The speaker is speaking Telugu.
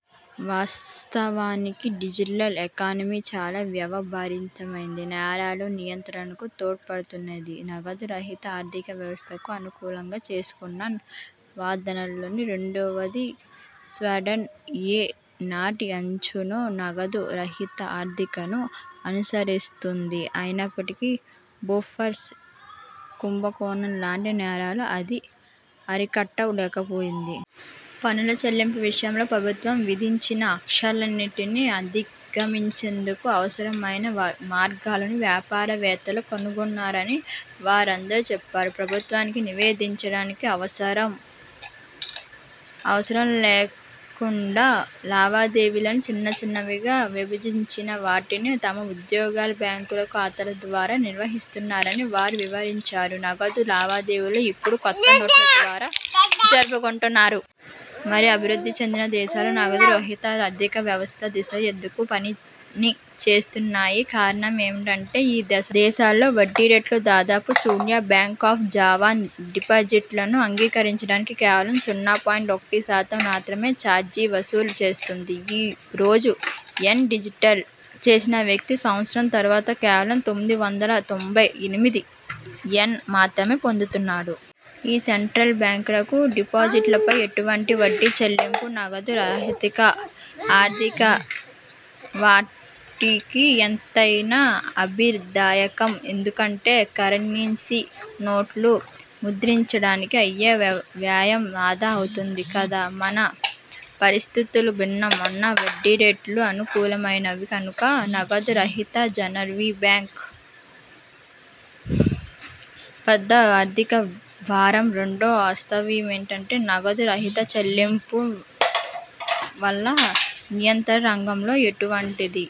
వాస్తవానికి డిజిటల్ ఎకానమీ చాలా వ్యయ భరితమైనది. నేరాల నియంత్రణకు తోడ్పడుతుందనేది నగదు రహిత ఆర్థిక వ్యవస్థకు అనుకూలంగా చేస్తున్న వాదనలలో రెండవది. స్వడన్ ఏ నాటి నుంచో నగదు రహిత ఆర్థికంను అనుసరిస్తోంది. అయినప్పటికీ బోఫోర్స్ కుంభకోణం లాంటి నేరా లు అది అరికట్ట లేకపోయింది. పన్నుల చెల్లింపు విషయంలో ప్రభుత్వం విధించిన ఆంక్షలన్నిటినీ అధిగమించేందుకు అవసరమైన మార్గాలను వ్యాపార వేత్తలు కనుగొన్నారని వారందరూ చెప్పారు. ప్రభుత్వానికి నివేదించడానికి అవసరం లేకుండా లావాదేవీలను చిన్నచిన్నవిగా విభజించి, వాటిని తమ ఉద్యోగుల బ్యాంకు ఖాతాల ద్వారా నిర్వహిస్తున్నారని వారు వివరించారు. నగదు లావాదేవీలను ఇప్పుడు కొత్త నోట్ల ద్వారా జరుపుతున్నారు. మరి అభివృద్ధి చెందిన దేశాలు నగదు రహిత ఆర్థిక వ్యవస్థ దిశగా ఎందుకు పయనిస్తున్నాయి? కారణమమేమిటంటే ఈ దేశాల్లో వడ్డీరేట్లు దాదాపు శూన్యం. బ్యాంక్ ఆఫ్ జపాన్ డిపాజిట్లను అంగీకరించడానికి కేవలం సున్నా పాయింట్ ఒకటి శాతం మాత్రమే చార్జి వసూలు చేస్తుంది. ఈ రోజు యెన్ డిపాజిట్ చేసిన వ్యక్తి సంవత్సరం తరువాత కేవలం తొమ్మిది వందల తొంభై యెనిమిది యెన్ మాత్రమే పొందుతాడు. ఈ సెంట్రల్ బ్యాంకులు డిపాజిట్లపై ఎటువంటి వడ్డీ చెల్లింపు. నగదు రహిత ఆర్థికం వాటికి ఎంతైనా లబ్ధిదాయకం. ఎందుకంటే కరెన్సీ నోట్లను ముద్రించడానికి అయ్యే వ్యయం ఆదా అవుతుంది కదా. మన పరిస్థితులు భిన్నం. మన వడ్డీరేట్లు అనుకూలమైనవి. కనుక నగదు రహితం రిజర్వ్ బ్యాంక్కు పెద్ద ఆర్థిక భారం. రెండో వాస్తవమేమిటంటే నగదు రహిత చెల్లింపు వల్ల నియత రంగంలో ఎటువంటిధి